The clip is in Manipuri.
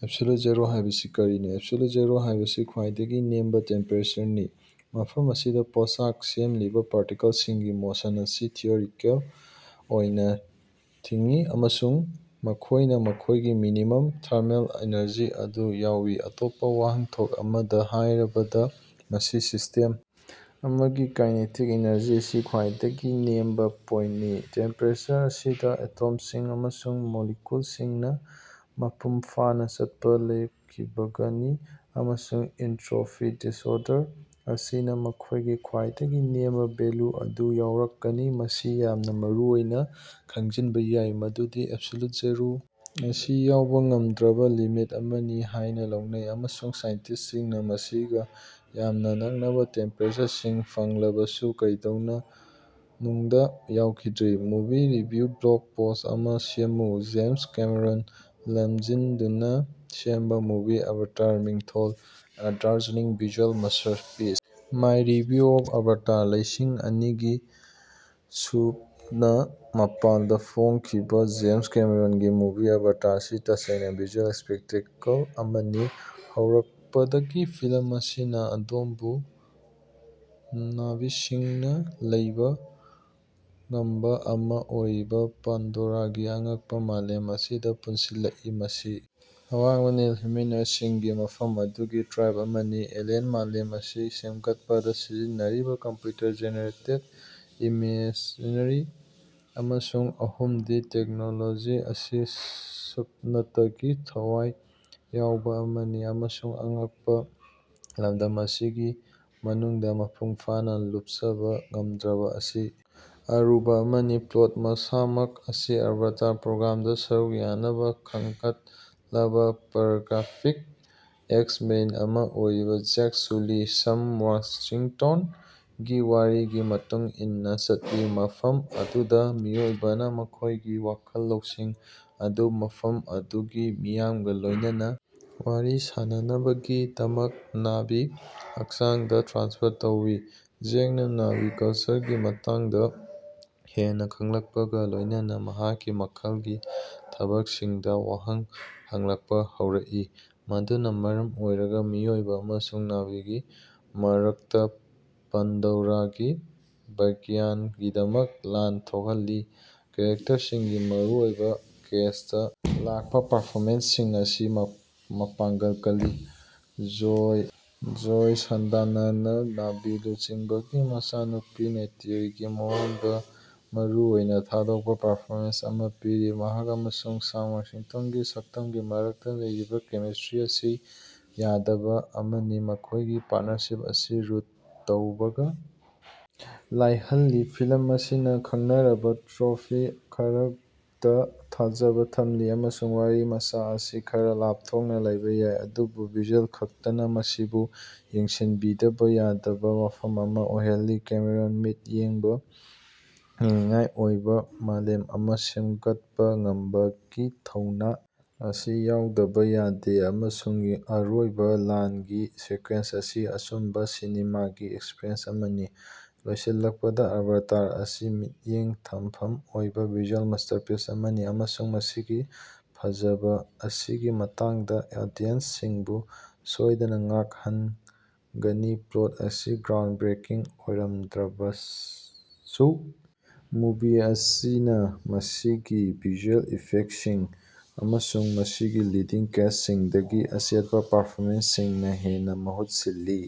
ꯑꯦꯕꯁꯣꯜꯌꯨꯇꯦꯗ ꯖꯤꯔꯣ ꯍꯥꯢꯕꯁꯤ ꯀꯔꯤꯅꯣ? ꯑꯦꯕꯁꯣꯜꯌꯨꯠ ꯖꯤꯔꯣ ꯍꯥꯢꯕꯁꯤ ꯈ꯭ꯋꯥꯏꯗꯒꯤ ꯅꯦꯝꯕ ꯇꯦꯝꯄꯦꯔꯦꯆꯔꯅꯤ ꯃꯐꯝꯁꯤꯗꯥ ꯄꯣꯠꯆꯥꯛ ꯁꯦꯝꯂꯤꯕꯥ ꯄꯥꯔꯇꯤꯀꯜꯁꯤꯡꯒꯤ ꯃꯣꯁꯟ ꯑꯁꯤ ꯊꯤꯑꯣꯔꯤꯇꯤꯀꯦꯜ ꯑꯣꯏꯅ ꯊꯤꯡꯏ ꯑꯃꯁꯨꯡ ꯃꯈꯣꯢꯅ ꯃꯈꯣꯢꯒꯤ ꯃꯤꯅꯤꯃꯝ ꯊꯔꯃꯦꯜ ꯑꯦꯅꯔꯖꯤ ꯑꯗꯨ ꯌꯧꯏ꯫ ꯑꯇꯣꯞꯄꯥ ꯋꯥꯍꯟꯊꯣꯛ ꯑꯃꯗꯥ ꯍꯥꯢꯔꯕꯗ ꯃꯁꯤ ꯁꯤꯁꯇꯦꯝ ꯑꯃꯒꯤ ꯀꯥꯏꯅꯦꯇꯤꯛ ꯑꯦꯅꯔꯖꯤ ꯑꯁꯤ ꯈ꯭ꯋꯥꯏꯗꯒꯤ ꯅꯦꯝꯕ ꯄꯣꯏꯟꯇꯅꯤ꯫ ꯇꯦꯝꯄꯦꯔꯦꯆꯔ ꯑꯁꯤꯗ ꯑꯦꯇꯣꯝꯁꯤꯡ ꯑꯃꯁꯨꯡ ꯃꯣꯂꯤꯀ꯭ꯌꯨꯜꯁꯤꯡꯅ ꯃꯄꯨꯡꯐꯥꯅ ꯆꯠꯄ ꯂꯦꯞꯈꯤꯒꯅꯤ ꯑꯃꯁꯨꯡ ꯑꯦꯟꯇ꯭ꯔꯣꯄꯤ (ꯗꯤꯁꯑꯣꯔꯗꯔ) ꯑꯁꯤꯅꯥ ꯃꯈꯣꯢꯒꯤ ꯈ꯭ꯋꯥꯏꯗꯒꯤ ꯅꯦꯝꯕ ꯚꯦꯜꯌꯨ ꯑꯗꯨ ꯌꯧꯔꯛꯀꯅꯤ꯫ ꯃꯁꯤ ꯌꯥꯝꯅ ꯃꯔꯨꯑꯣꯏꯅ ꯈꯪꯖꯤꯟꯕ ꯌꯥꯏ ꯃꯗꯨꯗꯤ ꯑꯦꯕꯁꯣꯜꯌꯨꯠ ꯖꯤꯔꯣ ꯑꯁꯤ ꯌꯧꯕꯥ ꯉꯝꯗꯕꯥ ꯂꯤꯃꯤꯠ ꯑꯃꯅꯤ ꯍꯥꯢꯅ ꯂꯧꯅꯩ ꯑꯃꯁꯨꯡ ꯁꯥꯏꯟꯇꯤꯁ꯭ꯇꯁꯤꯡꯅ ꯃꯁꯤꯒꯥ ꯌꯥꯝꯅ ꯅꯛꯅꯕ ꯇꯦꯝꯄꯦꯔꯦꯆꯔꯁꯤꯡ ꯐꯪꯂꯕꯁꯨ ꯀꯩꯗꯧꯅꯨꯡꯗ ꯌꯧꯈꯤꯗ꯭ꯔꯤ꯫ ꯃꯨꯚꯤ ꯔꯤꯚꯤꯌꯨ ꯕ꯭ꯂꯣꯒ ꯄꯣꯁ꯭ꯠ ꯑꯃꯥ ꯁꯦꯝꯃꯨ꯫ ꯖꯦꯃꯁ ꯀꯦꯃꯦꯔꯣꯟ ꯂꯃꯖꯤꯡꯗꯨꯅ ꯁꯦꯝꯕ ꯃꯨꯚꯤ ꯑꯚꯥꯇꯥꯔ꯫ ꯃꯤꯡꯊꯣꯜ: a dazzling visual masterpiece: my review of Avatar ꯂꯤꯁꯤꯡ ꯑꯅꯤꯒ ꯁꯨꯞꯅ ꯃꯥꯄꯜꯗꯥ ꯐꯣꯡꯈꯤꯕ ꯖꯦꯃꯁ ꯀꯦꯃꯦꯔꯣꯟꯒꯤ ꯃꯨꯚꯤ ꯑꯚꯥꯇꯔ ꯑꯁꯤ ꯇꯁꯦꯡꯅ ꯚꯤꯖꯨꯑꯦꯜ ꯁ꯭ꯄꯦꯛꯇꯦꯀꯜ ꯑꯃꯅꯤ꯫ ꯍꯧꯔꯛꯄꯗꯒꯤ ꯐꯤꯂꯝ ꯑꯁꯤꯅ ꯑꯗꯣꯝꯕꯨ ꯅꯥꯚꯤꯁꯤꯡꯅꯥ ꯂꯩꯕꯥ ꯒ꯭ꯔꯍ ꯑꯃ ꯑꯣꯏꯔꯤꯕ ꯄꯥꯟꯗꯣꯔꯥꯒꯤ ꯑꯉꯛꯄ ꯃꯥꯂꯦꯝ ꯑꯁꯤꯗ ꯄꯨꯁꯤꯜꯂꯛꯏ ꯃꯁꯤ ꯑꯋꯥꯡꯕꯥ, ꯅꯤꯜ ꯍ꯭ꯌꯨꯃꯦꯅꯣꯏꯗꯁꯤꯡꯒꯤ ꯃꯐꯝ ꯑꯗꯨꯒꯤ ꯇ꯭ꯔꯥꯏꯕ ꯑꯃꯅꯤ꯫ ꯑꯦꯂꯤꯌꯟ ꯃꯥꯂꯦꯝ ꯑꯁꯤ ꯁꯦꯝꯒꯠꯄꯗ ꯁꯤꯖꯤꯟꯅꯔꯤꯕꯥ ꯀꯝꯄ꯭ꯌꯨꯇꯔ ꯖꯦꯅꯦꯔꯦꯠ ꯏꯃꯥꯖꯦꯔꯤ ꯑꯃꯁꯨꯡ ꯑꯍꯨꯝꯗꯤ ꯇꯦꯛꯅꯣꯂꯣꯖꯤ ꯑꯁꯤ ꯁꯨꯞꯅꯇꯒꯤ ꯊꯋꯥꯏ ꯌꯥꯎꯕꯥ ꯑꯃꯅꯤ ꯑꯃꯁꯨꯡ ꯑꯉꯛꯄ ꯂꯝꯗꯝ ꯑꯁꯤꯒꯤ ꯃꯅꯨꯡꯗ ꯃꯄꯨꯡ ꯐꯥꯅ ꯂꯨꯞꯆꯕ ꯉꯝꯗꯕ ꯑꯁꯤ ꯑꯔꯨꯕ ꯑꯃꯅꯤ꯫ ꯄ꯭ꯂꯠ ꯃꯁꯥꯃꯛ ꯑꯁꯤ ꯑꯚꯇꯥꯔ ꯄ꯭ꯔꯣꯒ꯭ꯔꯥꯝꯗ ꯁꯔꯨꯛ ꯌꯥꯅꯕ ꯈꯟꯒꯠꯂꯕ ꯄꯦꯔꯥꯄ꯭ꯂꯦꯖꯤꯛ ꯑꯦꯛꯁ-ꯃꯦꯔꯤꯟ ꯑꯃ ꯑꯣꯏꯔꯤꯕ ꯖꯦꯛ ꯁꯨꯂꯤ (ꯁꯦꯝ ꯋꯔꯇꯤꯡꯇꯟ)ꯒꯤ ꯋꯥꯔꯤꯒꯤ ꯃꯇꯨꯡ ꯏꯟꯅ ꯆꯠꯂꯤ ꯃꯐꯝ ꯑꯗꯨꯗ ꯃꯤꯑꯣꯏꯕꯅ ꯃꯈꯣꯢꯒꯤ ꯋꯥꯈꯜ ꯂꯧꯁꯤꯡ ꯑꯗꯨ ꯃꯐꯝ ꯑꯗꯨꯒꯤ ꯃꯤꯌꯥꯝꯒ ꯂꯣꯢꯅꯅꯥ ꯋꯥꯔꯤ ꯁꯥꯅꯅꯕꯒꯤꯗꯃꯛ ꯅꯥꯚꯤ ꯍꯛꯆꯥꯡꯗ ꯇ꯭ꯔꯥꯟꯁꯐꯔ ꯇꯧꯏ꯫ ꯖꯦꯛꯅꯥ ꯅꯥꯚꯤ ꯀꯜꯆꯔꯒꯤ ꯃꯇꯥꯡꯗ ꯍꯦꯟꯅ ꯈꯡꯂꯛꯄꯒ ꯂꯣꯢꯅꯅꯥ ꯃꯍꯥꯛꯀꯤ ꯃꯈꯜꯒꯤ ꯊꯕꯛꯁꯤꯡꯗꯥ ꯋꯥꯍꯪ ꯍꯪꯂꯛꯄꯥ ꯍꯧꯔꯛꯏ ꯃꯗꯨꯅ ꯃꯔꯝ ꯑꯣꯏꯔꯒ ꯃꯤꯑꯣꯏꯕ ꯑꯃꯁꯨꯡ ꯅꯥꯚꯤꯒꯤ ꯃꯔꯛꯇ ꯄꯥꯟꯗꯣꯔꯥꯒꯤ ꯚꯥꯒ꯭ꯌꯒꯤꯗꯃꯛ ꯂꯥꯟ ꯊꯣꯛꯍꯜꯂꯤ꯫ ꯆꯔꯤꯇꯔꯁꯤꯡꯒꯤ ꯃꯔꯨꯑꯣꯏꯕ ꯀꯥꯁ꯭ꯇꯇꯒꯤ ꯂꯥꯛꯄ ꯄꯔꯐꯣꯃꯦꯟꯁꯁꯤꯡ ꯑꯁꯤ ꯃꯄꯥꯡꯒꯜ ꯀꯜꯂꯤ ꯖꯣꯏ ꯁꯥꯂꯗꯥꯅꯥꯅꯥ ꯅꯥꯚꯤ ꯂꯨꯆꯤꯡꯕꯒꯤ ꯃꯆꯥꯅꯨꯄꯤ ꯅꯦꯏꯇꯤꯔꯤꯒꯤ ꯃꯑꯣꯡꯗ ꯃꯔꯨꯑꯣꯏꯅ ꯊꯣꯏꯗꯣꯛꯄ ꯄꯔꯐꯣꯃꯦꯟꯁ ꯑꯃ ꯄꯤꯔꯤ꯫ ꯃꯍꯥꯛ ꯑꯃꯁꯨꯡ ꯁꯦꯝ ꯋꯔꯇꯤꯡꯇꯟꯒꯤ ꯁꯛꯇꯝꯒꯤ ꯃꯔꯛꯇ ꯂꯩꯔꯤꯕꯥ ꯀꯦꯃꯤꯁꯇ꯭ꯔꯤ ꯑꯁꯤ ꯌꯥꯗꯕ ꯑꯃꯅꯤ ꯃꯈꯣꯢꯒꯤ ꯄꯥꯔꯇꯅꯔꯁꯤꯞ ꯑꯁꯤ ꯔꯨꯠ ꯇꯧꯕꯗ ꯂꯥꯏꯍꯜꯂꯤ꯫ ꯐꯤꯂꯝ ꯑꯁꯤꯅ ꯈꯡꯅꯔꯕ ꯇ꯭ꯔꯣꯞ ꯈꯔꯗꯥ ꯊꯥꯖꯕ ꯊꯝꯂꯤ ꯑꯃꯁꯨꯡ ꯋꯥꯔꯤꯃꯆꯥ ꯑꯁꯤ ꯈꯔ ꯂꯥꯞꯊꯣꯛꯅ ꯂꯩꯕꯥ ꯌꯥꯏ ꯑꯗꯨꯕꯨ ꯚꯤꯖꯨꯑꯦꯜ ꯈꯛꯇꯅ ꯃꯁꯤꯕꯨ ꯌꯦꯡꯁꯤꯟꯕꯤꯗꯕ ꯌꯥꯗꯕ ꯋꯥꯐꯝ ꯑꯃ ꯑꯣꯏꯍꯜꯂꯤ꯫ ꯀꯦꯃꯦꯔꯣꯟ ꯃꯤꯠꯌꯦꯡꯗ ꯌꯦꯡꯅꯤꯡꯉꯥꯏ ꯑꯣꯏꯕ ꯃꯥꯂꯦꯝ ꯑꯃ ꯁꯦꯝꯒꯠꯄ ꯉꯝꯕꯒꯤ ꯊꯧꯅꯥ ꯑꯁꯤ ꯌꯥꯎꯗꯕ ꯌꯥꯗꯦ ꯑꯃꯁꯨꯡ ꯑꯔꯣꯏꯕ ꯂꯥꯟꯒꯤ ꯁꯤꯀ꯭ꯋꯦꯟꯁ ꯑꯁꯤ ꯑꯆꯨꯝꯕꯥ ꯁꯤꯅꯦꯃꯥꯒꯤ ꯑꯦꯛꯁꯄꯔꯤꯌꯦꯟꯁ ꯑꯃꯅꯤ꯫ ꯂꯣꯏꯁꯤꯜꯂꯛꯄꯗ ꯑꯚꯇꯥꯔ ꯑꯁꯤ ꯃꯤꯠꯌꯦꯡ ꯊꯝꯐꯝ ꯑꯣꯏꯕ ꯚꯤꯖꯨꯑꯦꯜ ꯃꯥꯁꯇꯔꯄꯤꯁ ꯑꯃꯅꯤ ꯑꯃꯁꯨꯡ ꯃꯁꯤꯒꯤ ꯐꯖꯕ ꯑꯁꯤꯒꯤ ꯃꯇꯥꯡꯗ ꯑꯣꯗꯤꯁꯟꯁꯤꯡꯕꯨ ꯁꯣꯏꯗꯅ ꯉꯛꯍꯟꯒꯅꯤ꯫ ꯄ꯭ꯂꯠ ꯑꯁꯤ ꯒ꯭ꯔꯥꯎꯟꯗꯕ꯭ꯔꯦꯀꯤꯡ ꯑꯣꯏꯔꯝꯗ꯭ꯔꯕꯁꯨ ꯃꯨꯚꯤ ꯑꯁꯤꯅ ꯃꯁꯤꯒꯤ ꯚꯤꯖꯨꯑꯦꯜ ꯏꯐꯦꯛꯇꯁꯤꯡ ꯑꯃꯁꯨꯡ ꯃꯁꯤꯒꯤ ꯂꯤꯗꯤꯡ ꯀꯥꯁ꯭ꯇꯁꯤꯡꯗꯒꯤ ꯑꯆꯦꯠꯄ ꯄꯔꯐꯣꯃꯦꯟꯁꯁꯤꯡꯅ ꯍꯦꯟꯅ ꯃꯍꯨꯠ ꯁꯤꯜꯂꯤ꯫